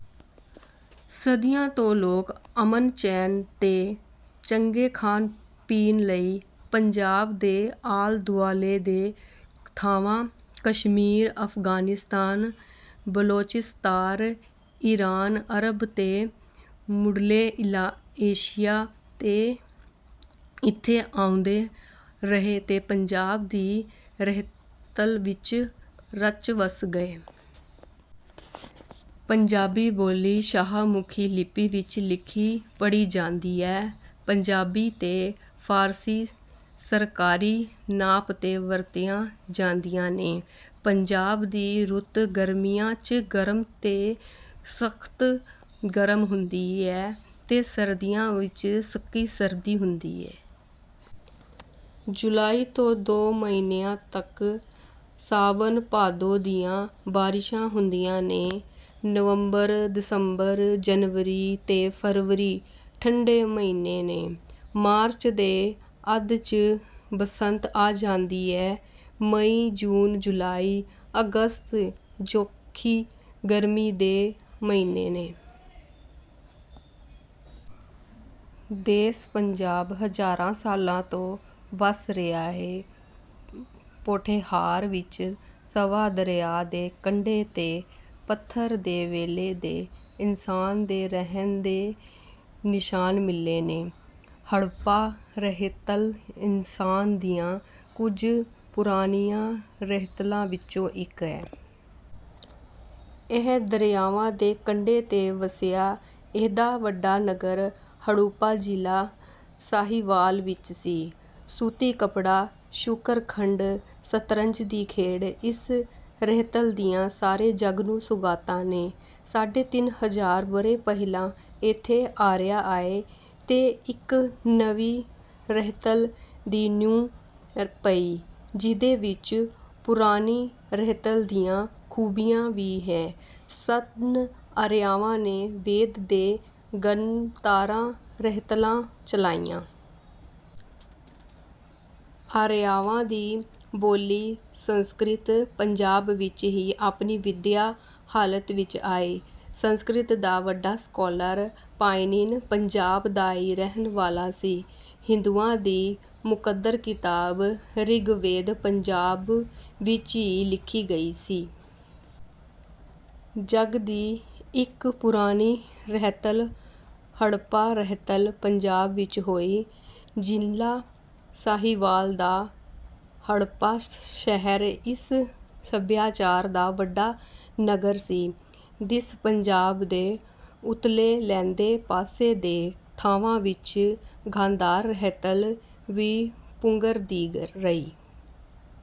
ਸਦੀਆਂ ਤੋਂ ਲੋਕ ਅਮਨ ਚੈਨ ਤੇ ਚੰਗੇ ਖਾਣ ਪੀਣ ਲਈ ਪੰਜਾਬ ਦੇ ਆਲ ਦੁਆਲੇ ਦੇ ਥਾਂਵਾਂ ਕਸ਼ਮੀਰ, ਅਫ਼ਗ਼ਾਨਿਸਤਾਨ, ਬਲੋਚਿਸਤਾਰ, ਈਰਾਨ, ਅਰਬ ਤੇ ਮੁੱਢਲੇ ਏਸ਼ੀਆ ਤੇ ਇੱਥੇ ਆਉਂਦੇ ਰਹੇ ਤੇ ਪੰਜਾਬ ਦੀ ਰਹਿਤਲ ਵਿੱਚ ਰਚ ਵਸ ਗਏ। ਪੰਜਾਬੀ ਬੋਲੀ ਸ਼ਾਹਮੁਖੀ ਲਿਪੀ ਵਿੱਚ ਲਿਖੀ ਪੜ੍ਹੀ ਜਾਂਦੀ ਐ। ਪੰਜਾਬੀ ਤੇ ਫਾਰਸੀ ਸਰਕਾਰੀ ਨਾਪ ਤੇ ਵਰਤੀਆਂ ਜਾਂਦੀਆਂ ਨੇਂ। ਪੰਜਾਬ ਦੀ ਰੁੱਤ ਗਰਮੀਆਂ ਚ ਗਰਮ ਤੇ ਸਖ਼ਤ ਗਰਮ ਹੁੰਦੀ ਐ ਤੇ ਸਰਦੀਆਂ ਚ ਸਕੀ ਸਰਦੀ ਹੁੰਦੀ ਏ। ਜੁਲਾਈ ਤੋਂ ਦੋ ਮਈਨਆ ਤੱਕ ਸਾਵਣ ਭਾਦੋਂ ਦੀਆਂ ਬਾਰਿਸ਼ਾਂ ਹੁੰਦੀਆਂ ਨੇਂ। ਨਵੰਬਰ, ਦਸੰਬਰ, ਜਨਵਰੀ ਤੇ ਫ਼ਰਵਰੀ ਠੰਢੇ ਮਈਨੇ ਨੇਂ। ਮਾਰਚ ਦੇ ਅੱਧ 'ਚ ਬਸੰਤ ਆ ਜਾਂਦੀ ਏ। ਮਈ ਜੂਨ ਜੁਲਾਈ ਅਗਸਤ ਜੋਖੀ ਗਰਮੀ ਦੇ ਮਈਨੇ ਨੇਂ। ਦੇਸ ਪੰਜਾਬ ਹਜ਼ਾਰਾਂ ਸਾਲਾਂ ਤੋਂ ਵਸ ਰਿਹਾ ਏ। ਪੋਠੇਹਾਰ ਵਿੱਚ ਸਵਾਂ ਦਰਿਆ ਦੇ ਕੰਡੇ ਤੇ ਪੱਥਰ ਦੇ ਵੇਲੇ ਦੇ ਇਨਸਾਨ ਦੇ ਰਹਿਣ ਦੇ ਨਿਸ਼ਾਨ ਮਿਲੇ ਨੇਂ। ਹੜੱਪਾ ਰਹਿਤਲ ਇਨਸਾਨ ਦੀਆਂ ਕੁਝ ਪੁਰਾਣੀਆਂ ਰਹਿਤਲਾਂ ਵਿਚੋਂ ਇੱਕ ਏ। ਇਹ ਦਰਿਆਵਾਂ ਦੇ ਕੰਡੇ ਤੇ ਵਸਿਆ ਇਹਦਾ ਵੱਡਾ ਨਗਰ ਹੜੁੱਪਾ ਜ਼ਿਲ੍ਹਾ ਸਾਹੀਵਾਲ ਵਿੱਚ ਸੀ। ਸੁੱਤੀ ਕੱਪੜਾ ਸ਼ੁਕਰ ਖੰਡ ਸ਼ਤਰੰਜ ਦੀ ਖੇਡ ਇਸ ਰਹਿਤਲ ਦੀਆਂ ਸਾਰੇ ਜੱਗ ਨੂੰ ਸੁਗ਼ਾਤਾਂ ਨੇਂ। ਸਾਡੇ ਤਿਨ ਹਜ਼ਾਰ ਵਰ੍ਹੇ ਪਹਿਲਾਂ ਇੱਥੇ ਆਰੀਆ ਆਏ ਤੇ ਇੱਕ ਨਵੀਂ ਰਹਿਤਲ ਦੀ ਨਿਊ ਪਈ ਜਿਹਦੇ ਵਿੱਚ ਪੁਰਾਣੀ ਰਹਿਤਲ ਦੀਆਂ ਖ਼ੂਬੀਆਂ ਵੀ ਹੈ ਸਨ ਆਰੀਆਵਾਂ ਨੇ ਵੇਦ ਤੇ ਗਨਧਾਰਾ ਰਹਿਤਲਾਂ ਚਲਾਈਆਂ। ਆਰੀਆਵਾਂ ਦੀ ਬੋਲੀ ਸੰਸਕ੍ਰਿਤ ਪੰਜਾਬ ਵਿੱਚ ਹੀ ਆਪਣੀ ਵਿਦਿਆ ਹਾਲਤ ਵਿੱਚ ਆਈ। ਸੰਸਕ੍ਰਿਤ ਦਾ ਵੱਡਾ ਸਕਾਲਰ ਪਾਣਿਨ ਪੰਜਾਬ ਦਾ ਹੀ ਰਹਿਣ ਵਾਲਾ ਸੀ। ਹਿੰਦੂਆਂ ਦੀ ਮੁਕੱਦਰ ਕਿਤਾਬ ਰਿਗ ਵੇਦ ਪੰਜਾਬ ਵਿੱਚ ਈ ਲਿਖੀ ਗਈ ਸੀ। ਜੱਗ ਦੀ ਇੱਕ ਪੁਰਾਣੀ ਰਹਿਤਲ ਹੜੱਪਾ ਰਹਿਤਲ ਪੰਜਾਬ ਵਿੱਚ ਹੋਈ। ਜ਼ਿਲ੍ਹਾ ਸਾਹੀਵਾਲ ਦਾ ਹੜੱਪਾ ਸ਼ਹਿਰ ਇਸ ਸੱਭਿਆਚਾਰ ਦਾ ਵੱਡਾ ਨਗਰ ਸੀ। ਦਿਸ ਪੰਜਾਬ ਦੇ ਉਤਲੇ ਲੈਂਦੇ ਪਾਸੇ ਦੇ ਥਾਂਵਾਂ ਵਿੱਚ ਗਾੰਧਾਰ ਰਹਿਤਲ ਵੀ ਪੁੰਗਰ ਦੀ ਰਈ।